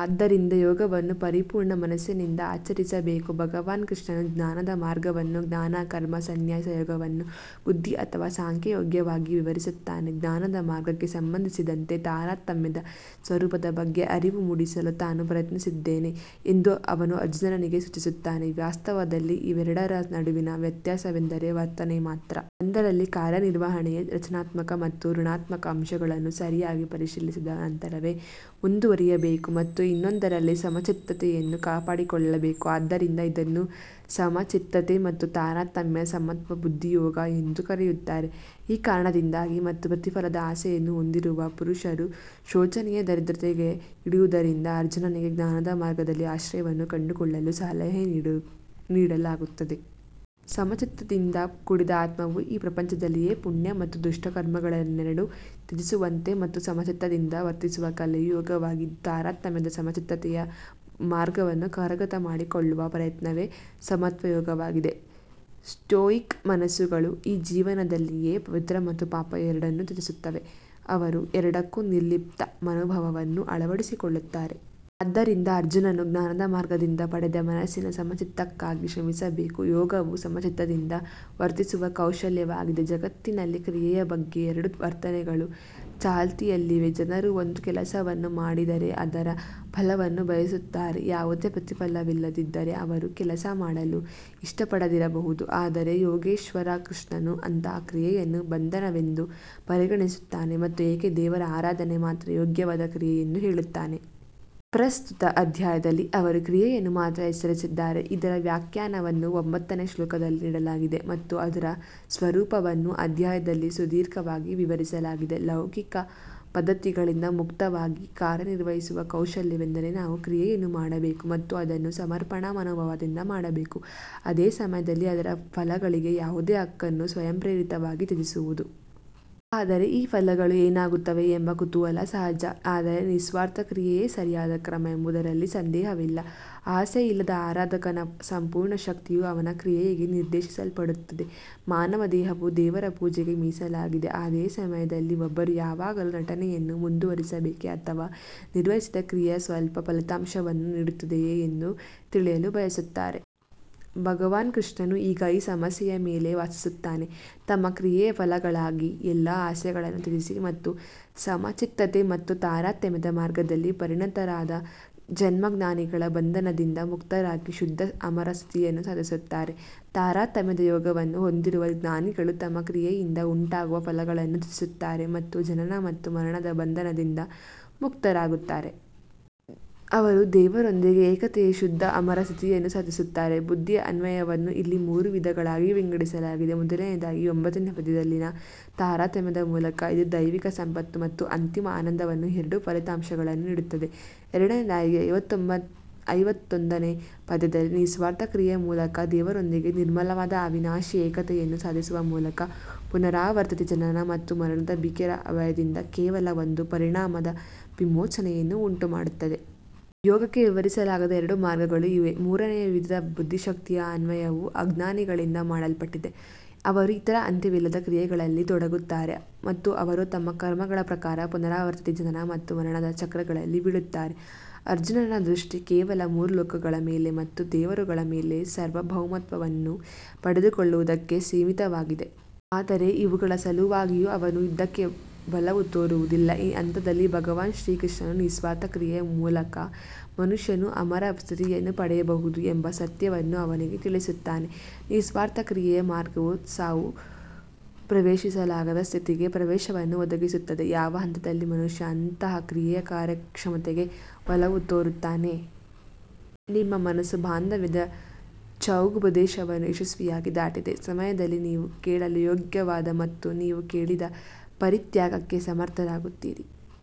ಆದ್ದರಿಂದ ಯೋಗವನ್ನು ಪರಿಪೂರ್ಣ ಮನಸ್ಸಿನಿಂದ ಆಚರಿಸಬೇಕು. ಭಗವಾನ್ ಕೃಷ್ಣನು ಜ್ಞಾನದ ಮಾರ್ಗವನ್ನು ಜ್ಞಾನ ಕರ್ಮ ಸನ್ಯಾಸ ಯೋಗವನ್ನು ಬುದ್ಧಿ ಅಥವಾ ಸಾಂಖ್ಯ ಯೋಗವಾಗಿ ವಿವರಿಸುತ್ತಾನೆ. ಜ್ಞಾನದ ಮಾರ್ಗಕ್ಕೆ ಸಂಬಂಧಿಸಿದಂತೆ ತಾರತಮ್ಯದ ಸ್ವರೂಪದ ಬಗ್ಗೆ ಅರಿವು ಮೂಡಿಸಲು ತಾನು ಪ್ರಯತ್ನಿಸಿದ್ದೇನೆ ಎಂದು ಅವನು ಅರ್ಜುನನಿಗೆ ಸೂಚಿಸುತ್ತಾನೆ. ವಾಸ್ತವದಲ್ಲಿ ಇವೆರಡರ ನಡುವಿನ ವ್ಯತ್ಯಾಸವೆಂದರೆ ವರ್ತನೆ ಮಾತ್ರ. ಒಂದರಲ್ಲಿ ಕಾರ್ಯನಿರ್ವಹಣೆಯ ರಚನಾತ್ಮಕ ಮತ್ತು ಋಣಾತ್ಮಕ ಅಂಶಗಳನ್ನು ಸರಿಯಾಗಿ ಪರಿಶೀಲಿಸಿದ ನಂತರವೇ ಮುಂದುವರಿಯಬೇಕು ಮತ್ತು ಇನ್ನೊಂದರಲ್ಲಿ ಸಮಚಿತ್ತತೆಯನ್ನು ಕಾಪಾಡಿಕೊಳ್ಳಬೇಕು. ಆದ್ದರಿಂದ ಇದನ್ನು ಸಮಚಿತ್ತತೆ ಮತ್ತು ತಾರತಮ್ಯ ಸಮತ್ವ ಬುದ್ಧಿ ಯೋಗ ಎಂದೂ ಕರೆಯುತ್ತಾರೆ. ಈ ಕಾರಣದಿಂದಾಗಿ ಮತ್ತು ಪ್ರತಿಫಲದ ಆಸೆಯನ್ನು ಹೊಂದಿರುವ ಪುರುಷರು ಶೋಚನೀಯ ದರಿದ್ರತೆಗೆ ಇಳಿಯುವುದರಿಂದ ಅರ್ಜುನನಿಗೆ ಜ್ಞಾನದ ಮಾರ್ಗದಲ್ಲಿ ಆಶ್ರಯವನ್ನು ಕಂಡುಕೊಳ್ಳಲು ಸಲಹೆ ನೀಡಲಾಗುತ್ತದೆ. ಸಮಚಿತ್ತದಿಂದ ಕೂಡಿದ ಆತ್ಮವು ಈ ಪ್ರಪಂಚದಲ್ಲಿಯೇ ಪುಣ್ಯ ಮತ್ತು ದುಷ್ಟ ಕರ್ಮಗಳೆರಡನ್ನೂ ತ್ಯಜಿಸುವಂತೆ ಮತ್ತು ಸಮಚಿತ್ತದಿಂದ ವರ್ತಿಸುವ ಕಲೆಯು ಯೋಗವಾಗಿದ್ದು ತಾರತಮ್ಯದ ಸಮಚಿತ್ತತೆಯ ಮಾರ್ಗವನ್ನು ಕರಗತ ಮಾಡಿಕೊಳ್ಳುವ ಪ್ರಯತ್ನವೇ ಸಮತ್ವ ಯೋಗವಾಗಿದೆ. ಸ್ಟೋಯಿಕ್ ಮನಸ್ಸುಗಳು ಈ ಜೀವನದಲ್ಲಿಯೇ ಪವಿತ್ರ ಮತ್ತು ಪಾಪ ಎರಡನ್ನೂ ತ್ಯಜಿಸುತ್ತವೆ. ಅವರು ಎರಡಕ್ಕೂ ನಿರ್ಲಿಪ್ತ ಮನೋಭಾವವನ್ನು ಅಳವಡಿಸಿಕೊಳ್ಳುತ್ತಾರೆ. ಆದ್ದರಿಂದ ಅರ್ಜುನನು ಜ್ಞಾನದ ಮಾರ್ಗದಿಂದ ಪಡೆದ ಮನಸ್ಸಿನ ಸಮಚಿತ್ತಕ್ಕಾಗಿ ಶ್ರಮಿಸಬೇಕು. ಯೋಗವು ಸಮಚಿತ್ತದಿಂದ ವರ್ತಿಸುವ ಕೌಶಲ್ಯವಾಗಿದೆ. ಜಗತ್ತಿನಲ್ಲಿ ಕ್ರಿಯೆಯ ಬಗ್ಗೆ ಎರಡು ವರ್ತನೆಗಳು ಚಾಲ್ತಿಯಲ್ಲಿವೆ. ಜನರು ಒಂದು ಕೆಲಸವನ್ನು ಮಾಡಿದರೆ ಅದರ ಫಲವನ್ನೂ ಬಯಸುತ್ತಾರೆ. ಯಾವುದೇ ಪ್ರತಿಫಲವಿಲ್ಲದಿದ್ದರೆ ಅವರು ಕೆಲಸ ಮಾಡಲು ಇಷ್ಟಪಡದಿರಬಹುದು. ಆದರೆ ಯೋಗೇಶ್ವರ ಕೃಷ್ಣನು ಅಂತಹ ಕ್ರಿಯೆಯನ್ನು ಬಂಧನವೆಂದು ಪರಿಗಣಿಸುತ್ತಾನೆ ಮತ್ತು ಏಕ ದೇವರ ಆರಾಧನೆ ಮಾತ್ರ ಯೋಗ್ಯವಾದ ಕ್ರಿಯೆ ಎಂದು ಹೇಳುತ್ತಾನೆ. ಪ್ರಸ್ತುತ ಅಧ್ಯಾಯದಲ್ಲಿ ಅವರು ಕ್ರಿಯೆಯನ್ನು ಮಾತ್ರ ಹೆಸರಿಸಿದ್ದಾರೆ. ಇದರ ವ್ಯಾಖ್ಯಾನವನ್ನು ಒಂಬತ್ತನೇ ಶ್ಲೋಕದಲ್ಲಿ ನೀಡಲಾಗಿದೆ ಮತ್ತು ಅದರ ಸ್ವರೂಪವನ್ನು ಅಧ್ಯಾಯದಲ್ಲಿ ಸುದೀರ್ಘವಾಗಿ ವಿವರಿಸಲಾಗಿದೆ. ಲೌಕಿಕ ಪದ್ಧತಿಗಳಿಂದ ಮುಕ್ತವಾಗಿ ಕಾರ್ಯನಿರ್ವಹಿಸುವ ಕೌಶಲ್ಯವೆಂದರೆ ನಾವು ಕ್ರಿಯೆಯನ್ನು ಮಾಡಬೇಕು ಮತ್ತು ಅದನ್ನು ಸಮರ್ಪಣಾ ಮನೋಭಾವದಿಂದ ಮಾಡಬೇಕು. ಅದೇ ಸಮಯದಲ್ಲಿ ಅದರ ಫಲಗಳಿಗೆ ಯಾವುದೇ ಹಕ್ಕನ್ನು ಸ್ವಯಂಪ್ರೇರಿತವಾಗಿ ತ್ಯಜಿಸುವುದು. ಆದರೆ ಈ ಫಲಗಳು ಏನಾಗುತ್ತವೆ ಎಂಬ ಕುತೂಹಲ ಸಹಜ. ಆದರೆ ನಿಸ್ವಾರ್ಥ ಕ್ರಿಯೆಯೇ ಸರಿಯಾದ ಕ್ರಮ ಎಂಬುದರಲ್ಲಿ ಸಂದೇಹವಿಲ್ಲ. ಆಸೆಯಿಲ್ಲದ ಆರಾಧಕನ ಸಂಪೂರ್ಣ ಶಕ್ತಿಯು ಅವನ ಕ್ರಿಯೆಗೆ ನಿರ್ದೇಶಿಸಲ್ಪಡುತ್ತದೆ. ಮಾನವ ದೇಹವು ದೇವರ ಪೂಜೆಗೆ ಮೀಸಲಾಗಿದೆ. ಅದೇ ಸಮಯದಲ್ಲಿ ಒಬ್ಬರು ಯಾವಾಗಲೂ ನಟನೆಯನ್ನು ಮುಂದುವರಿಸಬೇಕೇ ಅಥವಾ ನಿರ್ವಹಿಸಿದ ಕ್ರಿಯೆಯು ಸ್ವಲ್ಪ ಫಲಿತಾಂಶವನ್ನು ನೀಡುತ್ತದೆಯೇ ಎಂದು ತಿಳಿಯಲು ಬಯಸುತ್ತಾರೆ. ಭಗವಾನ್ ಕೃಷ್ಣನು ಈಗ ಈ ಸಮಸ್ಯೆಯ ಮೇಲೆ ವಾಸಿಸುತ್ತಾನೆ. ತಮ್ಮ ಕ್ರಿಯೆಯ ಫಲಗಳಿಗಾಗಿ ಎಲ್ಲಾ ಆಸೆಗಳನ್ನು ತ್ಯಜಿಸಿ ಮತ್ತು ಸಮಚಿತ್ತತೆ ಮತ್ತು ತಾರತಮ್ಯದ ಮಾರ್ಗದಲ್ಲಿ ಪರಿಣತರಾದ ಜನ್ಮ ಜ್ಞಾನಿಗಳ ಬಂಧನದಿಂದ ಮುಕ್ತರಾಗಿ ಶುದ್ಧ ಅಮರ ಸ್ಥಿತಿಯನ್ನು ಸಾಧಿಸುತ್ತಾರೆ. ತಾರತಮ್ಯದ ಯೋಗವನ್ನು ಹೊಂದಿರುವ ಜ್ಞಾನಿಗಳು ತಮ್ಮ ಕ್ರಿಯೆಯಿಂದ ಉಂಟಾಗುವ ಫಲಗಳನ್ನು ತ್ಯಜಿಸುತ್ತಾರೆ ಮತ್ತು ಜನನ ಮತ್ತು ಮರಣದ ಬಂಧನದಿಂದ ಮುಕ್ತರಾಗುತ್ತಾರೆ. ಅವರು ದೇವರೊಂದಿಗೆ ಏಕತೆಯ ಶುದ್ಧ ಅಮರ ಸ್ಥಿತಿಯನ್ನು ಸಾಧಿಸುತ್ತಾರೆ. ಬುದ್ಧಿಯ ಅನ್ವಯವನ್ನು ಇಲ್ಲಿ ಮೂರು ವಿಧಗಳಾಗಿ ವಿಂಗಡಿಸಲಾಗಿದೆ. ಮೊದಲನೆಯದಾಗಿ ಒಂಬತ್ತನೇ ಪದ್ಯದಲ್ಲಿನ ತಾರತಮ್ಯದ ಮೂಲಕ ಇದು ದೈವಿಕ ಸಂಪತ್ತು ಮತ್ತು ಅಂತಿಮ ಆನಂದವನ್ನು ಎರಡು ಫಲಿತಾಂಶಗಳನ್ನು ನೀಡುತ್ತದೆ. ಎರಡನೆಯದಾಗಿ ಐವತ್ತೊಂದನೇ ಪದ್ಯದಲ್ಲಿ ನಿಸ್ವಾರ್ಥ ಕ್ರಿಯೆಯ ಮೂಲಕ ದೇವರೊಂದಿಗೆ ನಿರ್ಮಲವಾದ ಅವಿನಾಶಿ ಏಕತೆಯನ್ನು ಸಾಧಿಸುವ ಮೂಲಕ ಪುನರಾವರ್ತಿತ ಜನನ ಮತ್ತು ಮರಣದ ಭೀಕರ ಭಯದಿಂದ ಕೇವಲ ಒಂದು ಪರಿಣಾಮದ ವಿಮೋಚನೆಯನ್ನು ಉಂಟುಮಾಡುತ್ತದೆ. ಯೋಗಕ್ಕೆ ವಿವರಿಸಲಾದ ಎರಡು ಮಾರ್ಗಗಳು ಇವು. ಮೂರನೆಯ ವಿಧದ ಬುದ್ಧಿಶಕ್ತಿಯ ಅನ್ವಯವು ಅಜ್ಞಾನಿಗಳಿಂದ ಮಾಡಲ್ಪಟ್ಟಿದೆ. ಅವರು ಇತರ ಅಂತ್ಯವಿಲ್ಲದ ಕ್ರಿಯೆಗಳಲ್ಲಿ ತೊಡಗುತ್ತಾರೆ ಮತ್ತು ಅವರು ತಮ್ಮ ಕರ್ಮಗಳ ಪ್ರಕಾರ ಪುನರಾವರ್ತಿತ ಜನನ ಮತ್ತು ಮರಣದ ಚಕ್ರಗಳಲ್ಲಿ ಬೀಳುತ್ತಾರೆ. ಅರ್ಜುನನ ದೃಷ್ಟಿ ಕೇವಲ ಮೂರು ಲೋಕಗಳ ಮೇಲೆ ಮತ್ತು ದೇವರುಗಳ ಮೇಲೆ ಸಾರ್ವಭೌಮತ್ವವನ್ನು ಪಡೆದುಕೊಳ್ಳುವುದಕ್ಕೆ ಸೀಮಿತವಾಗಿದೆ. ಆದರೆ ಇವುಗಳ ಸಲುವಾಗಿಯೂ ಅವನು ಯುದ್ಧಕ್ಕೆ ಒಲವು ತೋರುವುದಿಲ್ಲ. ಈ ಹಂತದಲ್ಲಿ ಭಗವಾನ್ ಶ್ರೀಕೃಷ್ಣನು ನಿಸ್ವಾರ್ಥ ಕ್ರಿಯೆಯ ಮೂಲಕ ಮನುಷ್ಯನು ಅಮರ ಸ್ಥಿತಿಯನ್ನು ಪಡೆಯಬಹುದು ಎಂಬ ಸತ್ಯವನ್ನು ಅವನಿಗೆ ತಿಳಿಸುತ್ತಾನೆ. ನಿಸ್ವಾರ್ಥ ಕ್ರಿಯೆಯ ಮಾರ್ಗವು ಸಾವು ಪ್ರವೇಶಿಸಲಾಗದ ಸ್ಥಿತಿಗೆ ಪ್ರವೇಶವನ್ನು ಒದಗಿಸುತ್ತದೆ. ಯಾವ ಹಂತದಲ್ಲಿ ಮನುಷ್ಯ ಅಂತಹ ಕ್ರಿಯೆಯ ಕಾರ್ಯಕ್ಷಮತೆಗೆ ಒಲವು ತೋರುತ್ತಾನೆ. ನಿಮ್ಮ ಮನಸ್ಸು ಬಾಂಧವ್ಯದ ಜೌಗುಪ್ರದೇಶವನ್ನು ಯಶಸ್ವಿಯಾಗಿ ದಾಟಿದ ಸಮಯದಲ್ಲಿ ನೀವು ಕೇಳಲು ಯೋಗ್ಯವಾದ ಮತ್ತು ನೀವು ಕೇಳಿದ ಪರಿತ್ಯಾಗಕ್ಕೆ ಸಮರ್ಥರಾಗುತ್ತೀರಿ.